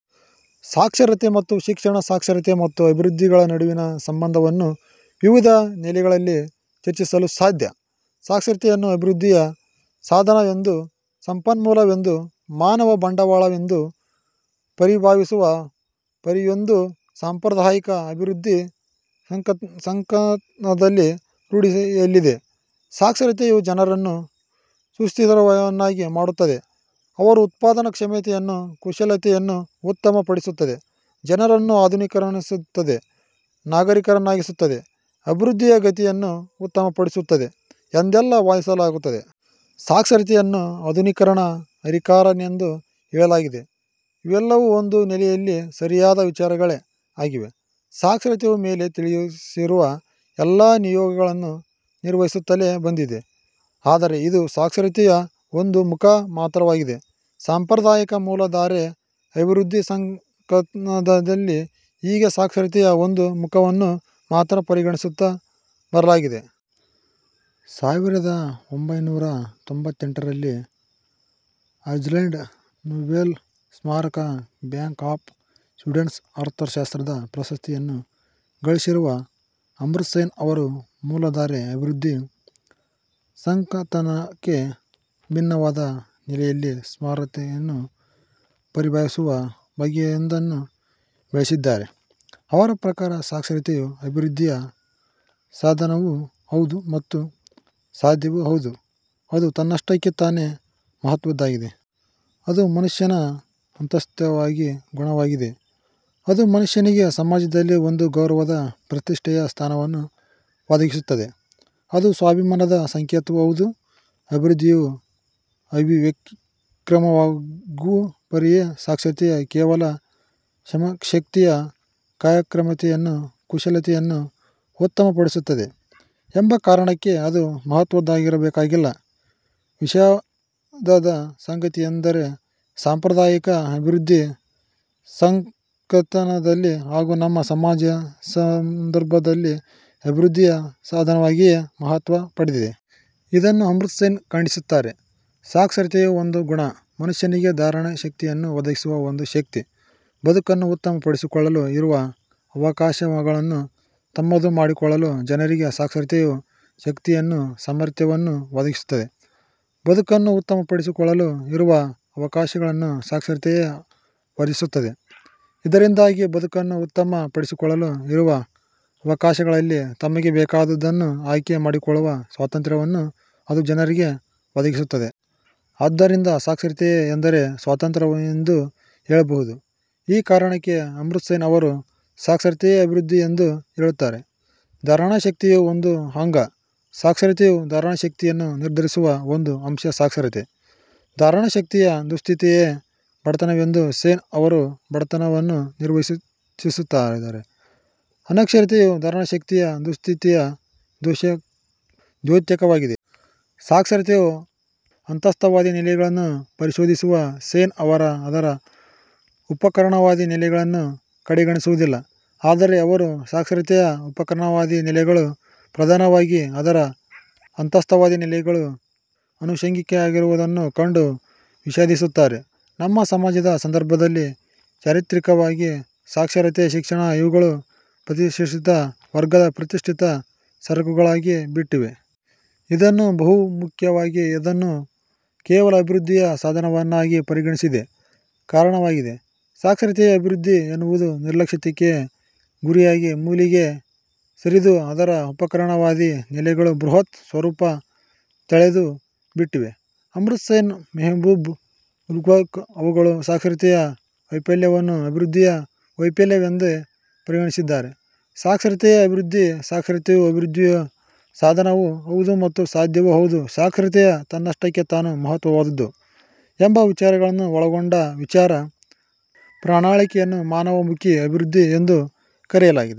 ಸಾಕ್ಷರತೆ ಮತ್ತು ಶಿಕ್ಷಣ ಸಾಕ್ಷರತೆ ಮತ್ತು ಅಭಿವೃದ್ಧಿಗಳ ನಡುವಿನ ಸಂಬಂಧವನ್ನು ವಿವಿಧ ನೆಲೆಗಳಲ್ಲಿ ಚರ್ಚಿಸಲು ಸಾಧ್ಯ. ಸಾಕ್ಷರತೆಯನ್ನು ಅಭಿವೃದ್ಧಿಯ 'ಸಾಧನ'ವೆಂದೂ, 'ಸಂಪನ್ಮೂಲ'ವೆಂದೂ 'ಮಾನವ ಬಂಡವಾಳ'ವೆಂದೂ ಪರಿಭಾವಿಸುವ ಪರಿಯೊಂದು ಸಾಂಪ್ರದಾಯಿಕ ಅಭಿವೃದ್ಧಿ ಸಂಕಥನದಲ್ಲಿ ರೂಢಿಯಲ್ಲಿದೆ. ಸಾಕ್ಷರತೆಯು ಜನರನ್ನು ಸುಶಿಕ್ಷಿತರನ್ನಾಗಿ ಮಾಡುತ್ತದೆ, ಅವರ ಉತ್ಪಾದನಾ ಕ್ಷಮತೆಯನ್ನು ಕುಶಲತೆಯನ್ನು ಉತ್ತಮ ಪಡಿಸುತ್ತದೆ, ಜನರನ್ನು ಆಧುನಿಕರನ್ನಾಗಿಸುತ್ತದೆ ನಾಗರಿಕರನ್ನಾಗಿಸುತ್ತದೆ, ಅಭಿವೃದ್ಧಿಯ ಗತಿಯನ್ನು ಉತ್ತಮಪಡಿಸುತ್ತದೆ ಎಂದೆಲ್ಲ ವಾದಿಸಲಾಗುತ್ತದೆ. 'ಸಾಕ್ಷರತೆ'ಯನ್ನು ಆಧುನೀಕರಣ 'ಹರಿಕಾರ'ನೆಂದೂ ಹೇಳಲಾಗಿದೆ. ಇವೆಲ್ಲವೂ ಒಂದು ನೆಲೆಯಲ್ಲಿ ಸರಿಯಾದ ವಿಚಾರಗಳೇ ಆಗಿವೆ. ಸಾಕ್ಷರತೆಯು ಮೇಲೆ ತಿಳಿಸಿರುವ ಎಲ್ಲ ನಿಯೋಗಗಳನ್ನು ನಿರ್ವಹಿಸುತ್ತಲೇ ಬಂದಿದೆ. ಆದರೆ ಇದು ಸಾಕ್ಷರತೆಯ ಒಂದು ಮುಖ ಮಾತ್ರವಾಗಿದೆ. ಸಾಂಪ್ರದಾಯಿಕ ಮೂಲ ಧಾರೆ ಅಭಿವೃದ್ಧಿ ಸಂಕಥನದಲ್ಲಿ ಹೀಗೆ ಸಾಕ್ಷರತೆಯ ಒಂದು ಮುಖ್ಯವನ್ನು ಮಾತ್ರ ಪರಿಗಣಿಸುತ್ತಾ ಬರಲಾಗಿದೆ. ಸಾವಿರದ ಒಂಭೈನೂರ ತೊಂಭತ್ತೆಂಟರಲ್ಲಿ ಆಲ್ಫ್ರೆಡ್ ನೊಬೆಲ್ ಸ್ಮಾರಕ ಬ್ಯಾಂಕ್ ಆಫ್ ಸ್ವೀಡನ್ನ ಅರ್ಥಶಾಸ್ತ್ರದ ಪ್ರಶಸ್ತಿಯನ್ನು ಗಳಿಸಿರುವ ಅಮರ್ತ್ಯಸೇನ್ ಅವರು ಮೂಲಧಾರೆ ಅಭಿವೃದ್ಧಿ ಸಂಕಥನಕ್ಕೆ ಭಿನ್ನವಾದ ನೆಲೆಯಲ್ಲಿ ಸಾಕ್ಷರತೆಯನ್ನು ಪರಿಭಾವಿಸುವ ಬಗೆಯೊಂದನ್ನು ಬೆಳೆಸಿದಿದ್ದಾರೆ. ಅವರ ಪ್ರಕಾರ ಸಾಕ್ಷರತೆಯು ಅಭಿವೃದ್ಧಿಯ 'ಸಾಧನ'ವೂ ಹೌದು ಮತ್ತು 'ಸಾಧ್ಯ'ವೂ ಹೌದು, ಅದು ತನ್ನಷ್ಟಕ್ಕೆ ತಾನೆ ಮಹತ್ವದ್ದಾಗಿದೆ. ಅದು ಮನುಷ್ಯನ ಅಂತಸ್ಥವಾಗಿ ಗುಣವಾಗಿದೆ. ಅದು ಮನುಷ್ಯನಿಗೆ ಸಮಾಜದಲ್ಲಿ ಒಂದು ಗೌರವದ ಪ್ರತಿಷ್ಟೆಯ ಸ್ಥಾನವನ್ನು ಒದಗಿಸುತ್ತದೆ. ಅದು ಸ್ವಾಭಿಮಾನದ ಸಂಕೇತವೂ ಹೌದು. ಅಭಿವೃದ್ಧಿಯು ಅಭಿವ್ಯಕ್ರವಾಗುವ ಪರಿಯೇ ಸಾಕ್ಷರತೆ. ಕೇವಲ ಶ್ರಮಶಕ್ತಿಯ ಕಾರ್ಯಕ್ರಮತೆಯನ್ನು, ಕುಶಲತೆಯನ್ನು ಉತ್ತಮ ಪಡಿಸುತ್ತದೆ ಎಂಬ ಕಾರಣಕ್ಕಾಗಿ ಅದು ಮಹತ್ವವಾಗಬೇಕಾಗಿಲ್ಲ. ವಿಷಾದದ ಸಂಗತಿಯೆಂದರೆ ಸಾಂಪ್ರದಾಯಿಕ ಅಭಿವೃದ್ಧಿ ಸಂಕಥನದಲ್ಲಿ ಹಾಗೂ ನಮ್ಮ ಸಮಾಜಸ ಸಂದರ್ಭದಲ್ಲಿ ಅಭಿವೃದ್ಧಿಯ ಸಾಧನವಾಗಿಯೇ ಮಹತ್ವ ಪಡೆದಿದೆ. ಇದನ್ನು ಅಮರ್ತ್ಯಸೇನ್ ಖಂಡಿಸುತ್ತಾರೆ. ಸಾಕ್ಷರತೆಯು ಒಂದು ಗುಣ. ಮನುಷ್ಯನಿಗೆ ಧಾರಣಶಕ್ತಿಯನ್ನು ಒದಗಿಸುವ ಒಂದು ಶಕ್ತಿ. ಬದುಕನ್ನು ಉತ್ತಮ ಪಡಿಸಿಕೊಳ್ಳಲು ಇರುವ ಅವಕಾಶಗಳನ್ನು ತಮ್ಮದು ಮಾಡಿಕೊಳ್ಳಲು ಜನರಿಗೆ ಸಾಕ್ಷರತೆಯು ಶಕ್ತಿಯನ್ನು ಸಾಮರ್ಥ್ಯವನ್ನು ಒದಗಿಸುತ್ತದೆ. ಬದುಕನ್ನು ಉತ್ತಮಪಡಿಸಿಕೊಳ್ಳಲು ಇರುವ ಅವಕಾಶಗಳನ್ನು ಸಾಕ್ಷರತೆ ವರ್ಧಿಸುತ್ತದೆ. ಇದರಿಂದಾಗಿ ಬದುಕನ್ನು ಉತ್ತಮ ಪಡಿಸಿಕೊಳ್ಳಲು ಇರುವ ಅವಕಾಶಗಳಲ್ಲಿ ತಮಗೆ ಬೇಕಾದುದನ್ನು ಆಯ್ಕೆ ಮಾಡಿಕೊಳ್ಳುವ ಸ್ವಾತಂತ್ರ್ಯವನ್ನು ಅದು ಜನರಿಗೆ ಒದಗಿಸುತ್ತದೆ. ಆದ್ದರಿಂದ ಸಾಕ್ಷರತೆ ಎಂದರೆ' 'ಸ್ವಾತಂತ್ರ್ಯ'ವೆಂದೂ ಹೇಳಬಹುದು. ಈ ಕಾರಣಕ್ಕೆ ಅಮರ್ತ್ಯಸೇನ್ ಅವರು ಸಾಕ್ಷರತೆಯೇ ಅಭಿವೃದ್ಧಿ ಎಂದು ಹೇಳುತ್ತಾರೆ. ಧಾರಣಶಕ್ತಿಯು ಒಂದು ಅಂಗ ಸಾಕ್ಷರತೆ. ಧಾರಣಶಕ್ತಿಯನ್ನು ನಿರ್ಧರಿಸುವ ಒಂದು ಅಂಶ ಸಾಕ್ಷರತೆ. 'ಧಾರಣಶಕ್ತಿಯ ದುಸ್ಥಿತಿ'ಯೇ ಬಡತನವೆಂದು ಸೇನ್ ಅವರು ಬಡತನವನ್ನು ನಿರ್ವಚಿಸಿದ್ದಾರೆ.. ಅನಕ್ಷರತೆಯು ಧಾರಣಶಕ್ತಿಯ ದುಸ್ಥಿತಿಯ ದ್ಯೋತಕವಾಗಿದೆ. ಸಾಕ್ಷರತೆಯ ಅಂತಸ್ಥವಾದಿ ನೆಲೆಗಳನ್ನು ಪರಿಶೋಧಿಸುವ ಸೇನ್ ಅವರು ಅದರ 'ಉಪಕರಣವಾದಿ; ನೆಲೆಗಳನ್ನು ಕಡೆಗಣಿಸುವುದಿಲ್ಲ. ಆದರೆ ಅವರು ಸಾಕ್ಷರತೆಯ ಉಪಕರಣವಾದಿ ನೆಲೆಗಳು ಪ್ರಧಾನವಾಗಿ ಅದರ ಅಂತಸ್ಥವಾದಿ ನೆಲೆಗಳು ಅನುಷಂಗಿಕವಾಗಿರುವುದನ್ನು ಕಂಡು ವಿಷಾಧಿಸುತ್ತಾರೆ. ನಮ್ಮ ಸಮಾಜದ ಸಂದರ್ಭದಲ್ಲಿ, ಚಾರಿತ್ರಿಕವಾಗಿ ಸಾಕ್ಷರತೆ – ಶಿಕ್ಷಣ ಇವುಗಳು ಪ್ರತಿಷ್ಠಿತ ವರ್ಗದ ಪ್ರತಿಷ್ಠಿತ ಸರಕುಗಳಾಗಿ ಬಿಟ್ಟಿವೆ. ಇದನ್ನು ಬಹುಮುಖ್ಯವಾಗಿ ಅದನ್ನು ಕೇವಲ ಅಭಿವೃದ್ಧಿಯ ಸಾಧನವನ್ನಾಗಿ ಪರಿಗಣಿಸಿದ್ದೇ ಕಾರಣವಾಗಿದೆ. ಸಾಕ್ಷರತೆಯೇ ಅಭಿವೃದ್ಧಿ ಎನ್ನುವುದು ನಿರ್ಲಕ್ಷ್ಯಕ್ಕೆ ಗುರಿಯಾಗಿ, ಮೂಲೆಗೆ ಸರಿದು ಅದರ ಉಪಕರಣ ವಾದಿ ನೆಲೆಗಳು ಬೃಹತ್ ಸ್ವರೂಪ ತಳೆದು ಬಿಟ್ಟಿವೆ. ಅಮರ್ತ್ಯಸೇನ್, ಮೆಹಬೂಬ್ ಉಲ್ಹಕ್ ಅವುಗಳು ಸಾಕ್ಷರತೆಯ ವೈಫಲ್ಯವನ್ನು ಅಭಿವೃದ್ಧಿಯ ವೈಫಲ್ಯವೆಂದೇ ಪರಿಗಣಿಸಿದ್ದಾರೆ. 'ಸಾಕ್ಷರತೆಯೇ ಅಭಿವೃದ್ಧಿ', 'ಸಾಕ್ಷರತೆಯು ಅಭಿವೃದ್ಧಿಯ 'ಸಾಧನ' ವೂ ಹೌದು ಮತ್ತು 'ಸಾಧ್ಯ'ವೂ ಹೌದು', ಸಾಕ್ಷರತೆ ತನ್ನಷ್ಟಕ್ಕೆ ತಾನು ಮಹತ್ವವಾದುದು ಎಂಬ ವಿಚಾರಗಳನ್ನು ಒಳಗೊಂಡ ವಿಚಾರ ಪ್ರಣಾಳಿಕೆಯನ್ನು 'ಮಾನವ ಮುಖಿ ಅಭಿವೃದ್ಧಿ' ಎಂದು ಕರೆಯಲಾಗಿದೆ.